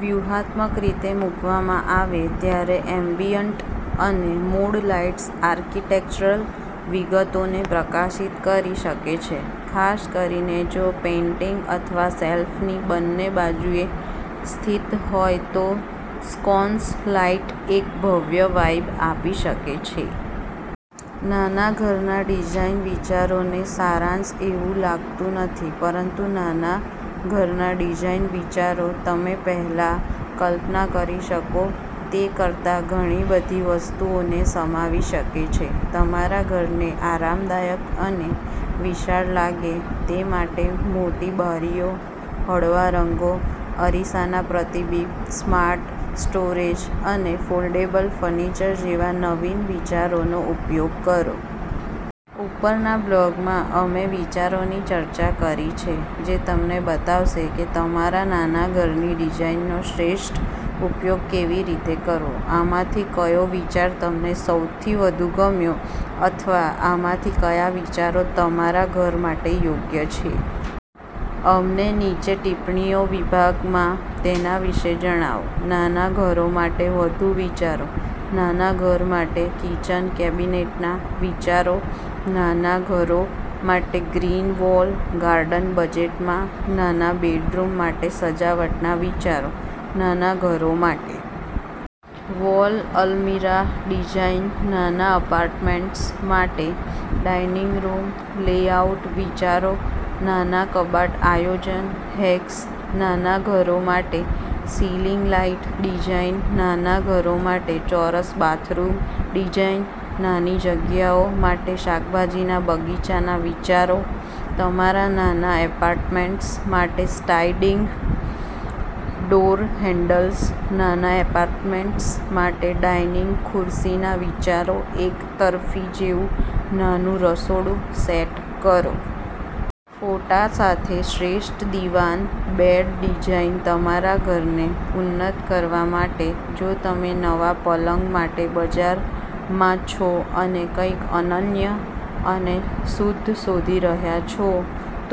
વ્યૂહાત્મક રીતે મૂકવામાં આવે ત્યારે એમ્બિયન્ટ અને મૂડ લાઇટ્સ આર્કિટેક્ચરલ વિગતોને પ્રકાશિત કરી શકે છે. ખાસ કરીને જો પેઇન્ટિંગ અથવા શેલ્ફની બંને બાજુએ સ્થિત હોય તો સ્કોન્સ લાઇટ્સ એક ભવ્ય વાઇબ આપી શકે છે. નાના ઘરના ડિઝાઇન વિચારોનો સારાંશ એવું લાગતું નથી, પરંતુ નાના ઘરના ડિઝાઇન વિચારો તમે પહેલા કલ્પના કરી શકો તે કરતાં ઘણી બધી વસ્તુઓને સમાવી શકે છે. તમારા ઘરને આરામદાયક અને વિશાળ લાગે તે માટે મોટી બારીઓ, હળવા રંગો, અરીસાના પ્રતિબિંબ, સ્માર્ટ સ્ટોરેજ અને ફોલ્ડેબલ ફર્નિચર જેવા નવીન વિચારોનો ઉપયોગ કરો. ઉપરના બ્લોગમાં, અમે વિચારોની ચર્ચા કરી છે જે તમને બતાવશે કે તમારા નાના ઘરની ડિઝાઇનનો શ્રેષ્ઠ ઉપયોગ કેવી રીતે કરવો. આમાંથી કયો વિચાર તમને સૌથી વધુ ગમ્યો? અથવા આમાંથી કયા વિચારો તમારા ઘર માટે યોગ્ય છે? અમને નીચે ટિપ્પણીઓ વિભાગમાં તેના વિશે જણાવો. નાના ઘરો માટે વધુ વિચારો નાના ઘર માટે કિચન કેબિનેટના વિચારો નાના ઘરો માટે ગ્રીન વોલ ગાર્ડન બજેટમાં નાના બેડરૂમ માટે સજાવટના વિચારો નાના ઘરો માટે વોલ અલમિરાહ ડિઝાઇન નાના એપાર્ટમેન્ટ્સ માટે ડાઇનિંગ રૂમ લેઆઉટ વિચારો નાના કબાટ આયોજન હેક્સ નાના ઘરો માટે સિલિંગ લાઇટ ડિઝાઇન નાના ઘરો માટે ચોરસ બાથરૂમ ડિઝાઇન નાની જગ્યાઓ માટે શાકભાજીના બગીચાના વિચારો તમારા નાના એપાર્ટમેન્ટ માટે સ્લાઇડિંગ ડોર હેન્ડલ્સ નાના એપાર્ટમેન્ટ્સ માટે ડાઇનિંગ ખુરશીના વિચારો એક તરફી જેવું નાનું રસોડું સેટ કરો+.. ફોટા સાથે શ્રેષ્ઠ દીવાન બેડ ડિઝાઇનતમારા ઘરને ઉન્નત કરવા માટે જો તમે નવા પલંગ માટે બજારમાં છો અને કંઈક અનન્ય અને શુદ્ધ શોધી રહ્યાં છો,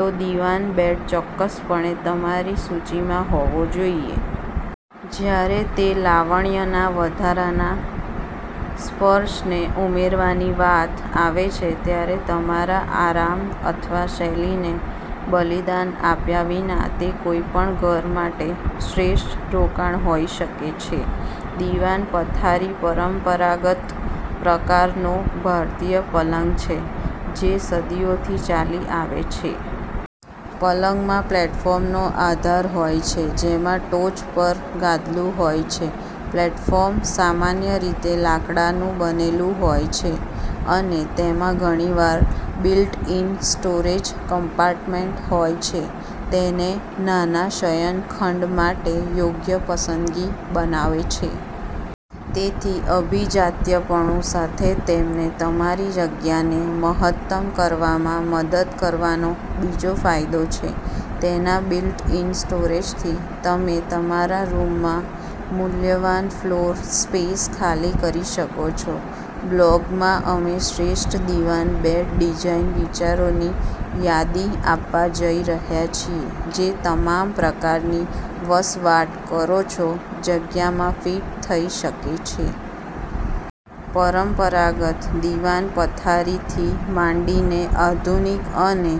તો દિવાન બેડ ચોક્કસપણે તમારી સૂચિમાં હોવો જોઈએ. જ્યારે તે લાવણ્યના વધારાના સ્પર્શને ઉમેરવાની વાત આવે છે, ત્યારે તમારા આરામ અથવા શૈલીને બલિદાન આપ્યા વિના, તે કોઈપણ ઘર માટે શ્રેષ્ઠ રોકાણ હોઈ શકે છે. દીવાન પથારીપરંપરાગત પ્રકારનો ભારતીય પલંગ છે જે સદીઓથી ચાલી આવે છે. પલંગમાં પ્લેટફોર્મનો આધાર હોય છે જેમાં ટોચ પર ગાદલું હોય છે. પ્લેટફોર્મ સામાન્ય રીતે લાકડાનું બનેલું હોય છે અને તેમાં ઘણીવાર બિલ્ટ-ઇન સ્ટોરેજ કમ્પાર્ટમેન્ટ હોય છે. તેને નાના શયનખંડ માટે યોગ્ય પસંદગી બનાવે છે. તેથી, અભિજાત્યપણુ સાથે તેમને તમારી જગ્યાને મહત્તમ કરવામાં મદદ કરવાનો બીજો ફાયદો છે. તેના બિલ્ટ-ઇન સ્ટોરેજથી તમે તમારા રૂમમાં મૂલ્યવાન ફ્લોર સ્પેસ ખાલી કરી શકો છો. બ્લોગમાં અમે શ્રેષ્ઠ દિવાન બેડ ડિઝાઇન વિચારોની યાદી આપવા જઈ રહ્યા છીએ જે તમામ પ્રકારની વસવાટ કરો છો જગ્યામાં ફિટ થઈ શકે છે. પરંપરાગત દીવાન પથારીથી માંડીને આધુનિક અને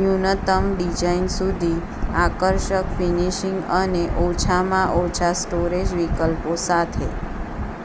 ન્યૂનતમ ડિઝાઇન સુધી, આકર્ષક ફિનિશિંગ અને ઓછામાં ઓછા સ્ટોરેજ વિકલ્પો સાથે.